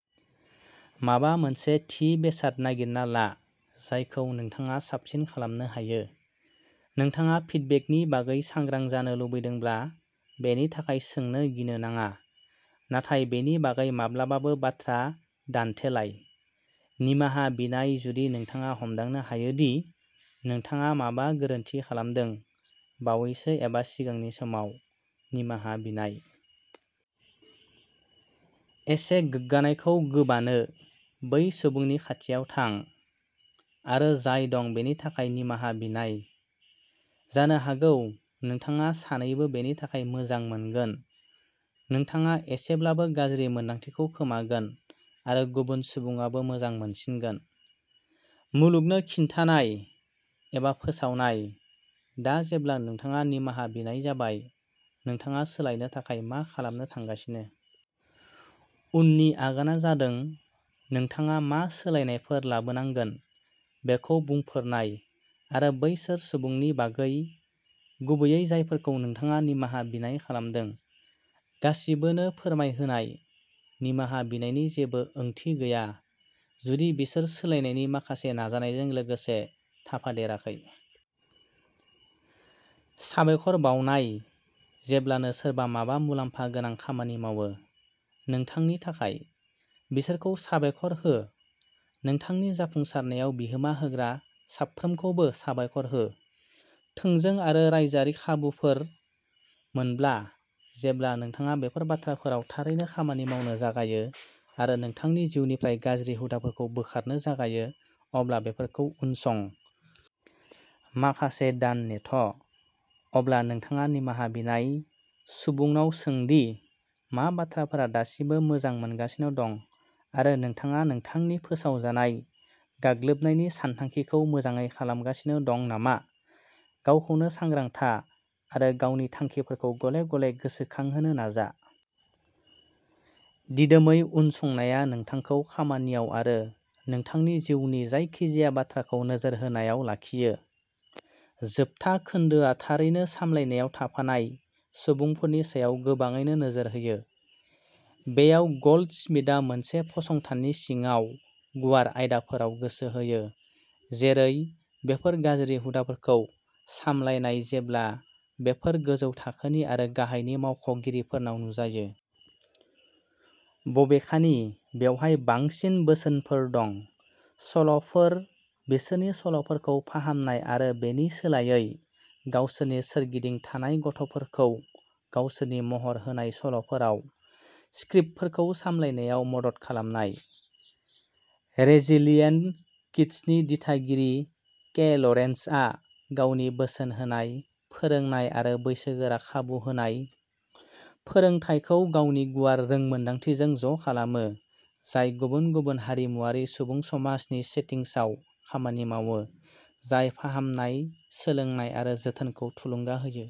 माबा मोनसे थि बेसाद नागिरना ला जायखौ नोंथाङा साबसिन खालामनो हायो। नोंथाङा फिडबेकनि बागै सांग्रां जानो लुबैदोंब्ला, बेनि थाखाय सोंनो गिनो नाङा, नाथाय बेनि बागै माब्लाबाबो बाथ्रा दान्थेलाय। निमाहा बिनाय जुदि नोंथाङा हमदांनो हायो दि नोंथाङा माबा गोरोन्थि खालामदों, बावैसो एबा सिगांनि समाव, निमाहा बिनाय। एसे गोग्गानायखौ गोबानो, बै सुबुंनि खाथियाव थां, आरो जाय दं बेनि थाखाय निमाहा बिनाय। जानो हागौ, नोंथाङा सानैबो बेनि थाखाय मोजां मोनगोन-नोंथाङा एसेब्लाबो गाज्रि मोन्दांथिखौ खोमागोन आरो गुबुन सुबुङाबो मोजां मोनसिगोन। मुलुगनो खिन्थानाय, एबा फोसावनाय दा जेब्ला नोंथाङा निमाहा बिनाय जाबाय, नोंथाङा सोलायनो थाखाय मा खालामनो थांगासिनो? उननि आगानआ जादों नोंथाङा मा सोलायनायफोर लाबोनांगोन बेखौ बुंफोरनाय आरो बैसोर सुबुंफोरनि बागै, गुबैयै जायफोरखौ नोंथाङा निमाहा बिनाय खालामदों, गासिबोनो फोरमायहोनाय। निमाहा बिनायनि जेबो ओंथि गैया जुदि बिसोर सोलायनायनि माखासे नाजानायजों लोगोसे थाफादेराखै। साबायखर बावनाय जेब्लानो सोरबा माबा मुलाम्फा गोनां खामानि मावो। नोंथांनि थाखाय, बिसोरखौ साबायखर हो। नोंथांनि जाफुंसारनायाव बिहोमा होग्रा साफ्रोमखौबो साबायखर हो, थोंजों आरो रायजोआरि खाबुफोर मोनब्ला। जेब्ला नोंथाङा बेफोर बाथ्राफोराव थारैनो खामानि मावनो जागायो आरो नोंथांनि जिउनिफ्राय गाज्रि हुदाफोरखौ बोखारनो जागायो, अब्ला बेफोरखौ उनसं। माखासे दान नेथ ', अब्ला नोंथाङा निमाहा बिनाय सुबुंनाव सों दि मा बाथ्राफोरा दासिमबो मोजां मोनगासिनो दं आरो नोंथाङा नोंथांनि "फोसावजानाय" गाग्लोबनायनि सानथांखिखौ मोजाङै खालामगासिनो दं नामा। गावखौनो सांग्रां था, आरो गावनि थांखिफोरखौ गले-गले गोसोखांहोनो नाजा। दिदोमै उनसंनाया नोंथांखौ खामानियाव आरो नोंथांनि जिउनि जायखिजाया बाथ्राखौ नोजोर होनायाव लाखियो। जोबथा खोन्दोआ थारैनो सामलायनायाव थाफानाय सुबुंफोरनि सायाव गोबाङैनो नोजोर होयो। बेयाव, गल्डस्मिथआ मोनसे फसंथाननि सिङाव गुवार आयदाफोराव गोसो होयो, जेरै बेफोर गाज्रि हुदाफोरखौ सामलायनाय जेब्ला बेफोर गोजौ थाखोनि आरो गाहायनि मावख'गिरिफोरनाव नुजायो। बबेखानि, बेवहाय बांसिन बोसोनफोर दं। सल'फोर, बिसोरनि सल'फोरखौ फाहामनाय आरो बेनि सोलायै, गावसोरनि सोरगिदिं थानाय गथ'फोरखौ गावसोरनि महर होनाय सल'फोराव स्क्रिप्टफोरखौ सामलायनायाव मदद खालामनाय। रेजिलिएन्ट किड्स नि दिथागिरि के लरेन्जआ गावनि बोसोन होनाय, फोरोंनाय आरो बैसोगोरा खाबु होनाय फोरोंथायखौ गावनि गुवार रोंमोनदांथिजों ज'खालामो, जाय गुबुन-गुबुन हारिमुआरि सुबुं समाजनि सेटिंसआव खामानि मावो, जाय फाहामनाय, सोलोंनाय आरो जोथोनखौ थुलुंगा होयो।